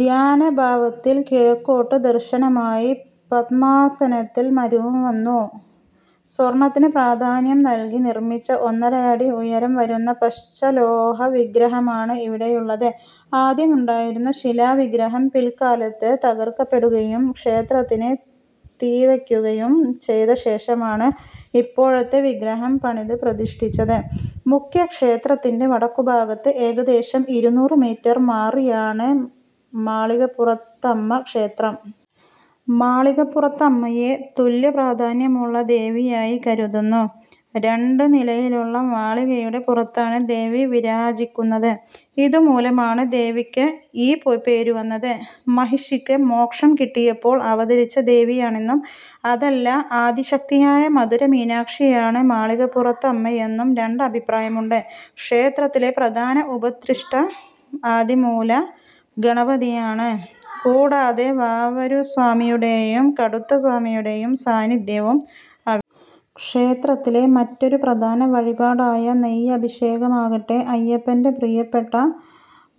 ധ്യാനഭാവത്തിൽ കിഴക്കോട്ട് ദർശനമായി പദ്മാസനത്തിൽ മരുവുന്നു. സ്വർണ്ണത്തിന് പ്രാധാന്യം നൽകി നിർമ്മിച്ച ഒന്നരയടി ഉയരം വരുന്ന പഞ്ചലോഹവിഗ്രഹമാണ് ഇവിടെയുള്ളത്. ആദ്യമുണ്ടായിരുന്ന ശിലാവിഗ്രഹം പിൽക്കാലത്ത് തകർക്കപ്പെടുകയും ക്ഷേത്രത്തിന് തീവയ്ക്കുകയും ചെയ്തശേഷമാണ് ഇപ്പോഴത്തെ വിഗ്രഹം പണിത് പ്രതിഷ്ഠിച്ചത്. മുഖ്യ ക്ഷേത്രത്തിന്റെ വടക്കുഭാഗത്ത് ഏകദേശം ഇരുനൂറ് മീറ്റർ മാറിയാണ് മാളികപ്പുറത്തമ്മക്ഷേത്രം. മാളികപ്പുറത്തമ്മയെ തുല്യപ്രാധാന്യമുള്ള ദേവിയായി കരുതുന്നു. രണ്ടുനിലയിലുള്ള മാളികയുടെ പുറത്താണ് ദേവി വിരാജിക്കുന്നത്. ഇതുമൂലമാണ് ദേവിക്ക് ഈ പേരുവന്നത്. മഹിഷിക്ക് മോക്ഷം കിട്ടിയപ്പോൾ അവതരിച്ച ദേവിയാണെന്നും അതല്ല ആദിശക്തിയായ മധുര മീനാക്ഷിയാണ് മാളികപ്പുറത്തമ്മയെന്നും രണ്ട് അഭിപ്രായമുണ്ട്. ക്ഷേത്രത്തിലെ പ്രധാന ഉപപ്രതിഷ്ഠ ആദിമൂല ഗണപതിയാണ്. കൂടാതെ വാവരുസ്വാമിയുടെയും കടുത്തസ്വാമിയുടെയും സാന്നിദ്ധ്യവും അവിടെയുണ്ട്. ക്ഷേത്രത്തിലെ മറ്റൊരു പ്രധാന വഴിപാടായ നെയ്യഭിഷേകമാകട്ടെ അയ്യപ്പന്റെ പ്രിയപ്പെട്ട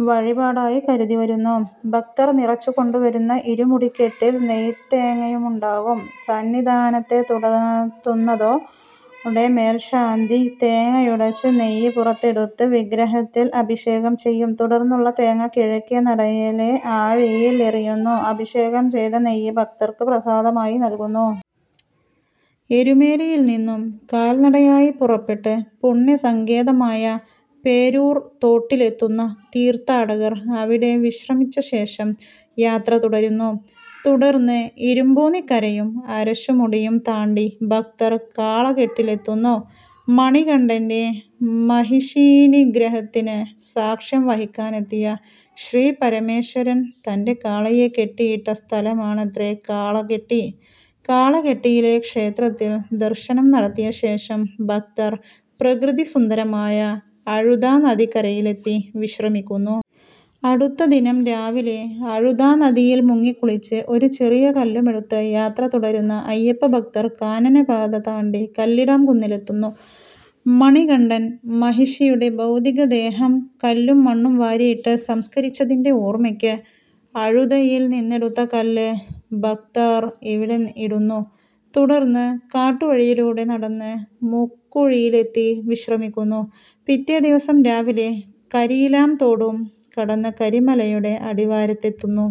വഴിപാടായി കരുതിവരുന്നു. ഭക്തർ നിറച്ചുകൊണ്ടുവരുന്ന ഇരുമുടിക്കെട്ടിൽ നെയ്ത്തേങ്ങയുമുണ്ടാകും. സന്നിധാനത്തെത്തുന്നതോടെ മേൽശാന്തി തേങ്ങയുടച്ച് നെയ്യ് പുറത്തെടുത്ത് വിഗ്രഹത്തിൽ അഭിഷേകം ചെയ്യും. തുടർന്നുള്ള തേങ്ങ കിഴക്കേ നടയിലെ ആഴിയിൽ എറിയുന്നു. അഭിഷേകം ചെയ്ത നെയ്യ് ഭക്തർക്ക് പ്രസാദമായി നൽകുന്നു. എരുമേലിയിൽ നിന്നും കാൽനടയായി പുറപ്പെട്ട് പുണ്യസങ്കേതമായ പേരൂർ തോട്ടിലെത്തുന്ന തീർത്ഥാടകർ അവിടെ വിശ്രമിച്ചശേഷം യാത്ര തുടരുന്നു. തുടർന്ന് ഇരുമ്പൂന്നിക്കരയും അരശുമുടിയും താണ്ടി ഭക്തർ കാളകെട്ടിയിലെത്തുന്നു. മണികണ്ഠന്റെ മഹിഷീനിഗ്രഹത്തിന് സാക്ഷ്യം വഹിക്കാനെത്തിയ ശ്രീപരമേശ്വരൻ തന്റെ കാളയെ കെട്ടിയിട്ട സ്ഥലമാണത്രേ കാളകെട്ടി. കാളകെട്ടിയിലെ ക്ഷേത്രത്തിൽ ദർശനം നടത്തിയശേഷം ഭക്തർ പ്രകൃതിസുന്ദരമായ അഴുതാനദിക്കരയിലെത്തി വിശ്രമിക്കുന്നു. അടുത്തദിനം രാവിലെ അഴുതാനദിയിൽ മുങ്ങിക്കുളിച്ച് ഒരു ചെറിയ കല്ലുമെടുത്ത് യാത്ര തുടരുന്ന അയ്യപ്പഭക്തർ കാനനപാത താണ്ടി കല്ലിടാംകുന്നിലെത്തുന്നു. മണികണ്ഠൻ മഹിഷിയുടെ ഭൗതികദേഹം കല്ലും മണ്ണും വാരിയിട്ട് സംസ്ക്കരിച്ചതിന്റെ ഓർമ്മയ്ക്ക് അഴുതയിൽ നിന്നെടുത്ത കല്ല് ഭക്തർ ഇവിടെ ഇടുന്നു. തുടർന്ന് കാട്ടുവഴിയിലൂടെ നടന്ന് മുക്കുഴിയിലെത്തി വിശ്രമിക്കുന്നു. പിറ്റേദിവസം രാവിലെ കരിയിലാംതോടും കടന്ന് കരിമലയുടെ അടിവാരത്തെത്തുന്നു.